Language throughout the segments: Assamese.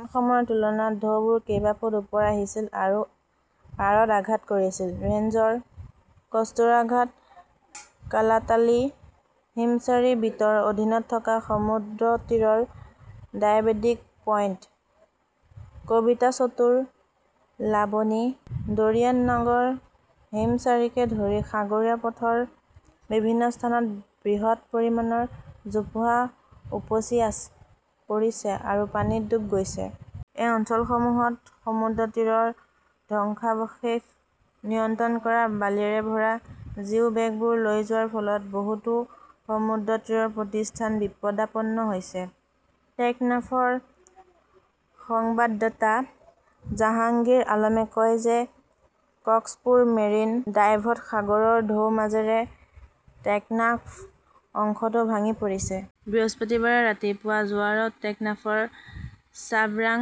আন সময়ৰ তুলনাত ঢৌবোৰ কেইবা ফুট ওপৰত আছিল আৰু পাৰত আঘাত কৰিছিল। ৰেঞ্জৰ কস্তুৰাঘাট, কালাতালী, হিমচাৰী বিটৰ অধীনত থকা সমুদ্ৰতীৰৰ ডায়েবেটিক পইণ্ট, কবিতা চতুৰ, লাবনী, দৰিয়ানগৰ, হিমচাৰীকে ধৰি সাগৰীয় পথৰ বিভিন্ন স্থানত বৃহৎ পৰিমাণৰ জোপোহা উপচি পৰিছে আৰু পানীত ডুব গৈছে। এই অঞ্চলসমূহত সমুদ্ৰতীৰৰ ধ্বংসাৱশেষ নিয়ন্ত্ৰণ কৰা বালিৰে ভৰা জিও বেগবোৰ লৈ যোৱাৰ ফলত বহুতো সমুদ্ৰতীৰৰ প্ৰতিষ্ঠান বিপদাপন্ন হৈছে। টেকনাফৰ সংবাদদাতা জাহাংগীৰ আলমে কয় যে কক্সপুৰ মেৰিন ড্ৰাইভত সাগৰৰ ঢৌৰ মাজেৰে টেকনাফ অংশটো ভাঙি পৰিছে। বৃহস্পতিবাৰে ৰাতিপুৱাৰ জোৱাৰত টেকনাফৰ চাবৰাং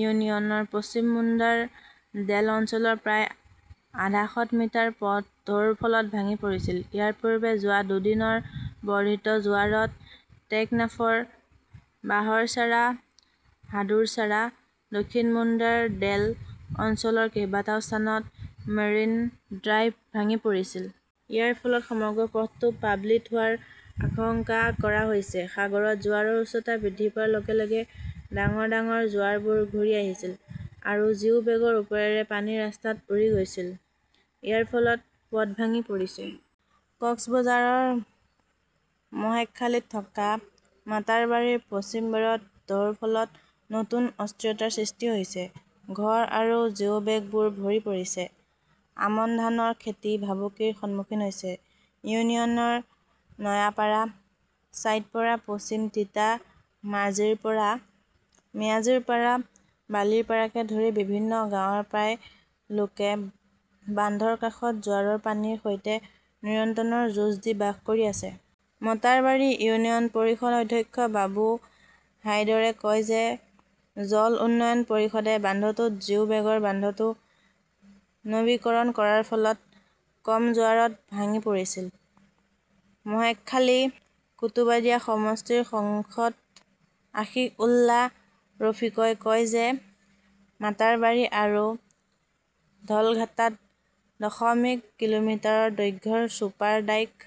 ইউনিয়নৰ পশ্চিম মুণ্ডাৰ ডেল অঞ্চলৰ প্ৰায় আধাশত মিটাৰ পথ ঢৌৰ ফলত ভাঙি পৰিছিল। ইয়াৰ পূৰ্বে যোৱা দুদিনৰ বৰ্ধিত জোৱাৰত টেকনাফৰ বাহৰছাৰা, হাদুৰছাৰা, দক্ষিণ মুণ্ডাৰ ডেল অঞ্চলৰ কেইবাটাও স্থানত মেৰিন ড্ৰাইভ ভাঙি পৰিছিল। ইয়াৰ ফলত সমগ্ৰ পথটো প্লাবিত হোৱাৰ আশংকা কৰা হৈছে। সাগৰত জোৱাৰৰ উচ্চতা বৃদ্ধি পোৱাৰ লগে লগে ডাঙৰ ডাঙৰ জোৱাৰবোৰ ঘূৰি আহিছিল আৰু জিও বেগৰ ওপৰেৰে পানী ৰাস্তাত উৰি গৈছিল। ইয়াৰ ফলত পথ ভাঙি পৰিছে। কক্সবাজাৰৰ মহেশখালীত থকা মাটাৰবাৰীৰ পশ্চিম বেৰত ঢৌৰ ফলত নতুন অস্থিৰতাৰ সৃষ্টি হৈছে। ঘৰ আৰু জিওবেগবোৰ ভৰি পৰিছে। আমন ধানৰ খেতি ভাবুকিৰ সন্মুখীন হৈছে। ইউনিয়নৰ নয়াপাৰা, চাইটপাৰা, পশ্চিম তিতা মাঝিৰ পাৰা, মিয়াজিৰ পাৰা, বালিৰ পাৰাকে ধৰি বিভিন্ন গাঁৱৰ প্ৰায় লোকে বান্ধৰ কাষত জোৱাৰৰ পানীৰ সৈতে নিৰন্তৰ যুঁজ দি বাস কৰি আছে। মটাৰবাৰী ইউনিয়ন পৰিষদৰ অধ্যক্ষ আবু হাইদৰে কয় যে জল উন্নয়ন পৰিষদে বান্ধটোত জিও বেগৰে বান্ধটোৰ নৱীকৰণ কৰাৰ ফলত কম জোৱাৰত ভাঙি পৰিছিল। মহেশখালী-কুতুবাদিয়া সমষ্টিৰ সাংসদ আশিক উল্লা ৰফিকই কয় যে মাটাৰবাৰী আৰু ধলঘাটাত দশমিক কিলোমিটাৰ দৈৰ্ঘ্যৰ ছুপাৰ ডাইক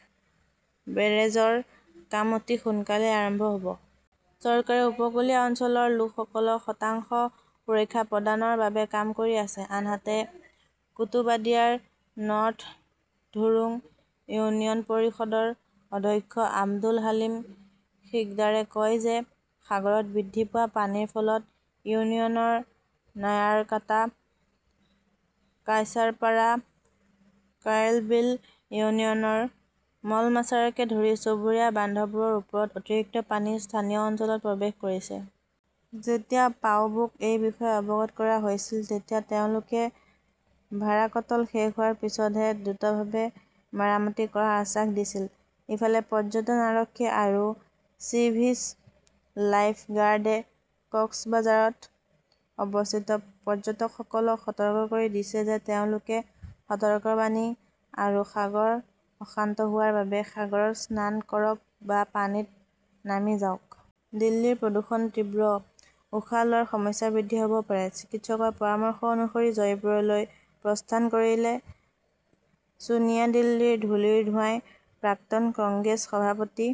বেৰেজৰ কাম অতি সোনকালেই আৰম্ভ হʼব। চৰকাৰে উপকূলীয় অঞ্চলৰ লোকসকলক শতাংশত সুৰক্ষা প্ৰদানৰ বাবে কাম কৰি আছে। আনহাতে, কুতুবাদিয়াৰ নৰ্থ ধুৰুং ইউনিয়ন পৰিষদৰ অধ্যক্ষ আব্দুল হালিম সিকদাৰে কয় যে সাগৰত বৃদ্ধি পোৱা পানীৰ ফলত ইউনিয়নৰ নায়াৰাকাটা, কায়চাৰপাৰা, কায়ৰবিল ইউনিয়নৰ মলমাচাৰকে ধৰি চুবুৰীয়া বান্ধবোৰৰ ওপৰত অতিৰিক্ত পানী স্থানীয় অঞ্চলত প্ৰৱেশ কৰিছে। যেতিয়া পাউবোক এই বিষয়ে অৱগত কৰা হৈছিল, তেতিয়া তেওঁলোকে ভাৰাকটল শেষ হোৱাৰ পিছতহে দ্ৰুতভাৱে মেৰামতি কৰাৰ আশ্বাস দিছিল। ইফালে, পৰ্যটন আৰক্ষী আৰু চি. চিভ. লাইফ গাৰ্ডে কক্সবাঝাৰত অৱস্থিত পৰ্যটকসকলক সতৰ্ক কৰি দিছে যে তেওঁলোকে সতৰ্কবাণী আৰু সাগৰ অশান্ত হোৱাৰ বাবে সাগৰত স্নান কৰক বা পানীত নামি যাওক। দিল্লীৰ প্ৰদূষণ তীব্ৰ, উশাহ লোৱাৰ সমস্যা বৃদ্ধি হ'ব পাৰে, চিকিৎসকৰ পৰামৰ্শ অনুসৰি জয়পুৰলৈ প্ৰস্থান কৰিলে ছোনিয়া দিল্লীৰ ধূলিৰ ধোঁৱাই প্ৰাক্তন কংগ্ৰেছ সভাপতি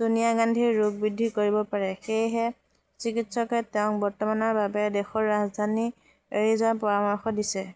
ছোনিয়া গান্ধীৰ ৰোগ বৃদ্ধি কৰিব পাৰে। সেয়েহে চিকিৎসকে তেওঁক বৰ্তমানৰ বাবে দেশৰ ৰাজধানী এৰি যোৱাৰ পৰামৰ্শ দিছে।